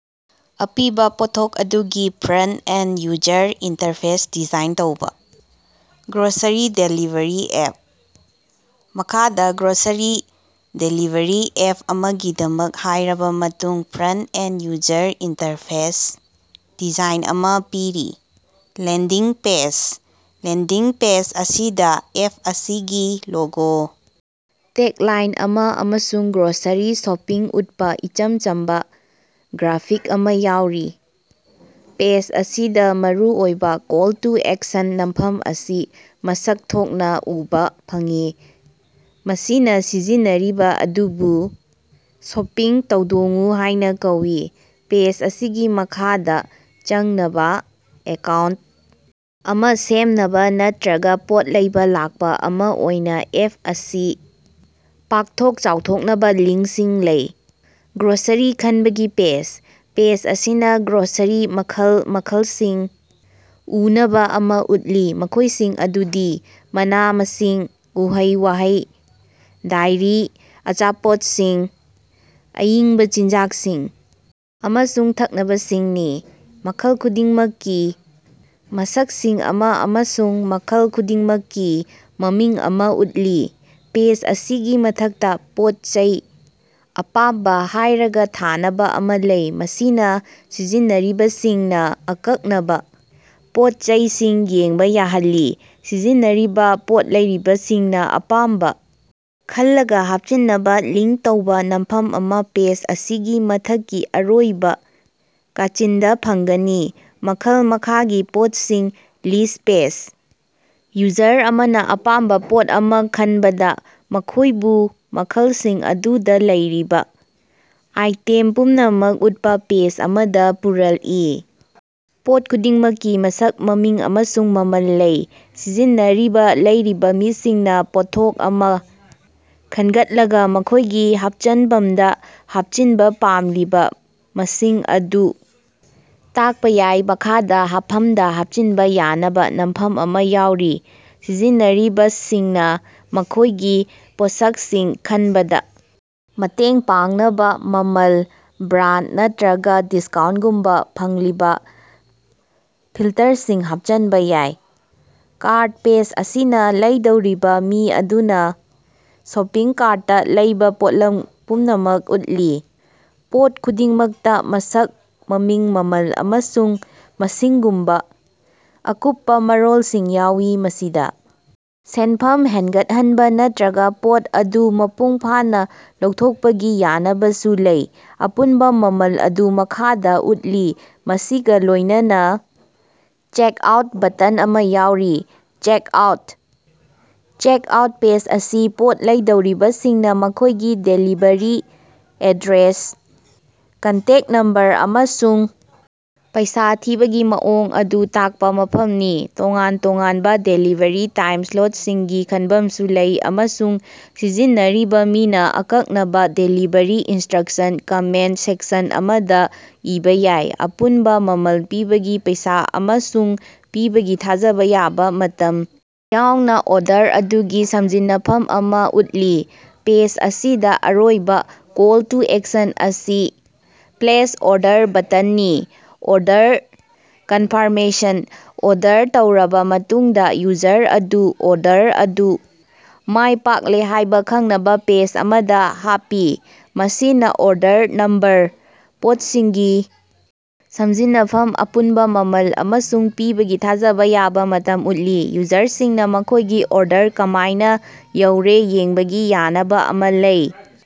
ꯑꯄꯤꯕ ꯄꯣꯠꯊꯣꯛ ꯑꯗꯨꯒꯤ front end user interface design ꯇꯧꯕꯥ꯫ Grocery delivery app. ꯃꯈꯥꯗ ꯒ꯭ꯔꯣꯁꯔꯤ ꯗꯦꯂꯤꯕꯔꯤ ꯑꯦꯞ ꯑꯃꯒꯤꯗꯃꯛ ꯍꯥꯏꯔꯕ ꯃꯇꯨꯡ ꯐ꯭ꯔꯟꯇ-ꯑꯦꯟꯗ ꯌꯨꯖꯔ ꯏꯟꯇꯔꯐꯦꯁ ꯗꯤꯖꯥꯏꯟ ꯑꯃ ꯄꯤꯔꯤ: ꯂꯦꯟꯗꯤꯡ ꯄꯦꯖ: ꯂꯦꯟꯗꯤꯡ ꯄꯦꯖ ꯑꯁꯤꯗꯥ ꯑꯦꯞ ꯑꯁꯤꯒꯤ ꯂꯣꯒꯣ, ꯇꯦꯒꯂꯥꯏꯟ ꯑꯃ ꯑꯃꯁꯨꯡ ꯒ꯭ꯔꯣꯁꯔꯤ ꯁꯣꯄꯤꯡ ꯎꯠꯄꯥ ꯏꯆꯝ ꯆꯝꯕ ꯒ꯭ꯔꯥꯐꯤꯛ ꯑꯃ ꯌꯥꯎꯔꯤ꯫ ꯄꯦꯖ ꯑꯁꯤꯗꯥ ꯃꯔꯨꯑꯣꯏꯕ ꯀꯣꯜ-ꯇꯨ-ꯑꯦꯛꯁꯟ ꯅꯝꯐꯝ ꯑꯁꯤ ꯃꯁꯛ ꯊꯣꯛꯅ ꯎꯕꯥ ꯐꯪꯏ ꯃꯁꯤꯅ ꯁꯤꯖꯤꯟꯅꯔꯤꯕ ꯑꯗꯨꯕꯨ "ꯁꯣꯄꯤꯡ ꯍꯧꯗꯣꯡꯎ" ꯍꯥꯢꯅ ꯀꯧꯏ꯫ ꯄꯦꯖ ꯑꯁꯤꯒꯤ ꯃꯈꯥꯗ ꯆꯪꯅꯕ ꯑꯦꯀꯥꯎꯟꯇ ꯑꯃ ꯁꯦꯝꯅꯕ ꯅꯠꯇ꯭ꯔꯒ ꯄꯣꯠ ꯂꯩꯕ ꯂꯥꯛꯄ ꯑꯃ ꯑꯣꯏꯅ ꯑꯦꯞ ꯑꯁꯤ ꯄꯥꯛꯊꯣꯛ ꯆꯥꯎꯊꯣꯛꯅꯕ ꯂꯤꯡꯛꯁꯤꯡ ꯂꯩ꯫ ꯒ꯭ꯔꯣꯁꯔꯤ ꯈꯟꯕꯒꯤ ꯄꯦꯖ: ꯄꯦꯖ ꯑꯁꯤꯅ ꯒ꯭ꯔꯣꯁꯔꯤ ꯃꯈꯜ ꯃꯈꯜꯁꯤꯡ ꯎꯅꯕ ꯑꯃ ꯎꯠꯂꯤ ꯃꯈꯣꯢꯁꯤꯡ ꯑꯗꯨꯗꯤ ꯃꯅꯥ-ꯃꯁꯤꯡ ꯎꯍꯩ-ꯋꯥꯍꯩ, ꯗꯥꯏꯔꯤ, ꯑꯆꯥꯄꯣꯠꯁꯤꯡ, ꯑꯏꯪꯕ ꯆꯤꯟꯖꯥꯛꯁꯤꯡ ꯑꯃꯁꯨꯡ ꯊꯛꯅꯕꯁꯤꯡꯅꯤ꯫ ꯃꯈꯜ ꯈꯨꯗꯤꯡꯃꯛꯀꯤ ꯃꯁꯛꯁꯤꯡ ꯑꯃ ꯑꯃꯁꯨꯡ ꯃꯈꯜ ꯈꯨꯗꯤꯡꯃꯛꯀꯤ ꯃꯃꯤꯡ ꯑꯃ ꯎꯠꯂꯤ꯫ ꯄꯦꯖ ꯑꯁꯤꯒꯤ ꯃꯊꯛꯇ ꯄꯣꯠ ꯆꯩ ꯑꯄꯥꯝꯕ ꯍꯥꯏꯔꯒ ꯊꯥꯅꯕ ꯑꯃꯥ ꯂꯩ ꯃꯁꯤꯅ ꯁꯤꯖꯤꯟꯅꯔꯤꯕꯁꯤꯡꯅ ꯑꯀꯛꯅꯕ ꯄꯣꯠ ꯆꯩꯁꯤꯡ ꯌꯦꯡꯕ ꯌꯥꯍꯜꯂꯤ꯫ ꯁꯤꯖꯤꯟꯅꯔꯤꯕ ꯄꯣꯠ ꯂꯩꯔꯤꯕꯁꯤꯡꯅ ꯑꯄꯥꯝꯕ ꯈꯜꯂꯒ ꯍꯥꯞꯆꯤꯟꯅꯕ ꯂꯤꯡꯛ ꯇꯧꯕ ꯅꯝꯐꯝ ꯑꯃ ꯄꯦꯖ ꯑꯁꯤꯒꯤ ꯃꯊꯛꯀꯤ ꯑꯔꯣꯏꯕ ꯀꯥꯆꯤꯟꯗ ꯐꯪꯒꯅꯤ꯫ ꯃꯈꯜ ꯃꯈꯥꯒꯤ ꯄꯣꯠꯁꯤꯡ ꯂꯤꯁ꯭ꯠ ꯄꯦꯖ: ꯌꯨꯖꯔ ꯑꯃꯅ ꯑꯄꯥꯝꯕ ꯄꯣꯠ ꯑꯃ ꯈꯟꯕꯗ ꯃꯈꯣꯢꯕꯨ ꯃꯈꯜꯁꯤꯡ ꯑꯗꯨꯗ ꯂꯩꯔꯤꯕ ꯑꯥꯏꯇꯦꯝ ꯄꯨꯝꯅꯃꯛ ꯎꯠꯄꯥ ꯄꯦꯖ ꯑꯃꯗ ꯄꯨꯔꯜꯏ꯫ ꯄꯣꯠ ꯈꯨꯗꯤꯡꯃꯛꯀꯤ ꯃꯁꯛ, ꯃꯃꯤꯡ, ꯑꯃꯁꯨꯡ ꯃꯃꯜ ꯂꯩ꯫ ꯁꯤꯖꯤꯟꯅꯔꯤꯕ ꯂꯩꯔꯤꯕ ꯃꯤꯁꯤꯡꯅ ꯄꯣꯠꯊꯣꯛ ꯑꯃ ꯈꯟꯒꯠꯂꯒ ꯃꯈꯣꯢꯒꯤ ꯍꯥꯞꯆꯟꯕꯝꯗ ꯍꯥꯞꯆꯤꯟꯕ ꯄꯥꯝꯂꯤꯕ ꯃꯁꯤꯡ ꯑꯗꯨ ꯇꯥꯛꯄꯥ ꯌꯥꯏ ꯃꯈꯥꯗꯥ ꯍꯥꯞꯐꯝꯗ ꯍꯥꯞꯆꯤꯟꯕ ꯌꯥꯅꯕ ꯅꯝꯐꯝ ꯑꯃ ꯌꯥꯎꯔꯤ꯫ ꯁꯤꯖꯤꯟꯅꯔꯤꯕ ꯁꯤꯡꯅ ꯃꯈꯣꯢꯒꯤ ꯄꯣꯠꯁꯛꯁꯤꯡ ꯈꯟꯕꯗ ꯃꯇꯦꯡ ꯄꯥꯡꯅꯕ ꯃꯃꯜ, ꯕ꯭ꯔꯥꯟꯗ ꯅꯠꯇ꯭ꯔꯒ ꯗꯤꯁꯀꯥꯎꯟꯇꯒꯨꯝꯕ ꯐꯪꯂꯤꯕ ꯐꯤꯜꯇꯔꯁꯤꯡ ꯍꯥꯞꯆꯟꯕ ꯌꯥꯏ꯫ ꯀꯥꯔꯠ ꯄꯦꯖ ꯑꯁꯤꯅꯥ ꯂꯩꯗꯣꯔꯤꯕ ꯃꯤ ꯑꯗꯨꯅ ꯁꯣꯄꯤꯡ ꯀꯥꯔꯠꯇꯥ ꯂꯩꯕꯥ ꯄꯣꯠꯂꯝ ꯄꯨꯝꯅꯃꯛ ꯎꯠꯂꯤ꯫ ꯄꯣꯠ ꯈꯨꯗꯤꯡꯃꯛꯇ ꯃꯁꯛ, ꯃꯃꯤꯡ, ꯃꯃꯜ, ꯑꯃꯁꯨꯡ ꯃꯁꯤꯡꯒꯨꯝꯕ ꯑꯀꯨꯞꯄ ꯃꯔꯣꯜꯁꯤꯡ ꯌꯥꯎꯏ ꯃꯁꯤꯗ ꯁꯦꯟꯐꯝ ꯍꯦꯟꯒꯠꯍꯟꯕ ꯅꯠꯇ꯭ꯔꯒ ꯄꯣꯠ ꯑꯗꯨ ꯃꯄꯨꯡ ꯐꯥꯅ ꯂꯧꯊꯣꯛꯄꯒꯤ ꯌꯥꯅꯕꯁꯨ ꯂꯩ꯫ ꯑꯄꯨꯟꯕꯥ ꯃꯃꯜ ꯑꯗꯨ ꯃꯈꯥꯗ ꯎꯠꯂꯤ ꯃꯁꯤꯒꯥ ꯂꯣꯢꯅꯅꯥ "ꯆꯦꯀꯑꯥꯎꯠ" ꯕꯇꯟ ꯑꯃꯥ ꯌꯥꯎꯔꯤ꯫ ꯆꯦꯀꯑꯥꯎꯠ: ꯆꯦꯀꯑꯥꯎꯠ ꯄꯦꯖ ꯑꯁꯤ ꯄꯣꯠ ꯂꯩꯗꯣꯔꯤꯕꯁꯤꯡꯅ ꯃꯈꯣꯢꯒꯤ ꯗꯦꯂꯤꯕꯔꯤ ꯑꯦꯗ꯭ꯔꯦꯁ, ꯀꯟꯇꯦꯛꯇ ꯅꯝꯕꯔ ꯑꯃꯁꯨꯡ ꯄꯩꯁꯥ ꯊꯤꯕꯒꯤ ꯃꯑꯣꯡ ꯑꯗꯨ ꯇꯥꯛꯄ ꯃꯐꯝꯅꯤ꯫ ꯇꯣꯉꯥꯟ ꯇꯣꯉꯥꯟꯕ ꯗꯦꯂꯤꯕꯔꯤ ꯇꯥꯏꯝ ꯁ꯭ꯂꯣꯠꯁꯤꯡꯒꯤ ꯈꯟꯕꯝꯁꯨ ꯂꯩ ꯑꯃꯁꯨꯡ ꯁꯤꯖꯤꯟꯅꯔꯤꯕ ꯃꯤꯅ ꯑꯀꯛꯅꯕ ꯗꯦꯂꯤꯕꯔꯤ ꯏꯟꯁꯇ꯭ꯔꯛꯁꯟ ꯀꯃꯦꯟꯇ ꯁꯦꯛꯁꯟ ꯑꯃꯗ ꯏꯕꯥ ꯌꯥꯏ꯫ ꯑꯄꯨꯟꯕ ꯃꯃꯜ ꯄꯤꯕꯒꯤ ꯄꯩꯁꯥ ꯑꯃꯁꯨꯡ ꯄꯤꯕꯒꯤ ꯊꯥꯖꯕ ꯌꯥꯕ ꯃꯇꯝ ꯌꯥꯎꯅ ꯑꯣꯔꯗꯔ ꯑꯗꯨꯒꯤ ꯁꯝꯖꯤꯟꯅꯐꯝ ꯑꯃ ꯎꯠꯂꯤ꯫ ꯄꯦꯖ ꯑꯁꯤꯗ ꯑꯔꯣꯏꯕ ꯀꯣꯜ-ꯇꯨ-ꯑꯦꯛꯁꯟ ꯑꯁꯤ "ꯄ꯭ꯂꯦꯁ ꯑꯣꯔꯗꯔ" ꯕꯇꯟꯅꯤ꯫ ꯑꯣꯔꯗꯔ ꯀꯟꯐꯥꯔꯃꯦꯁꯟ: ꯑꯣꯔꯗꯔ ꯇꯧꯔꯕꯥ ꯃꯇꯨꯡꯗ ꯌꯨꯖꯔ ꯑꯗꯨ ꯑꯣꯔꯗꯔ ꯑꯗꯨ ꯃꯥꯢꯄꯥꯛꯂꯦ ꯍꯥꯢꯕ ꯈꯪꯅꯕ ꯄꯦꯖ ꯑꯃꯗ ꯍꯥꯞꯄꯤ꯫ ꯃꯁꯤꯅ ꯑꯣꯔꯗꯔ ꯅꯝꯕꯔ, ꯄꯣꯠꯁꯤꯡꯒꯤ ꯁꯝꯖꯤꯟꯅꯐꯝ ꯑꯄꯨꯟꯕ ꯃꯃꯜ ꯑꯃꯁꯨꯡ ꯄꯤꯕꯒꯤ ꯊꯥꯖꯕ ꯌꯥꯕꯥ ꯃꯇꯝ ꯎꯠꯂꯤ꯫ ꯌꯨꯖꯔꯁꯤꯡꯅ ꯃꯈꯣꯢꯒꯤ ꯑꯣꯔꯗꯔ ꯀꯃꯥꯏꯅ ꯌꯧꯔꯦ ꯌꯦꯡꯕꯒꯤ ꯌꯥꯅꯕ ꯑꯃ ꯂꯩ꯫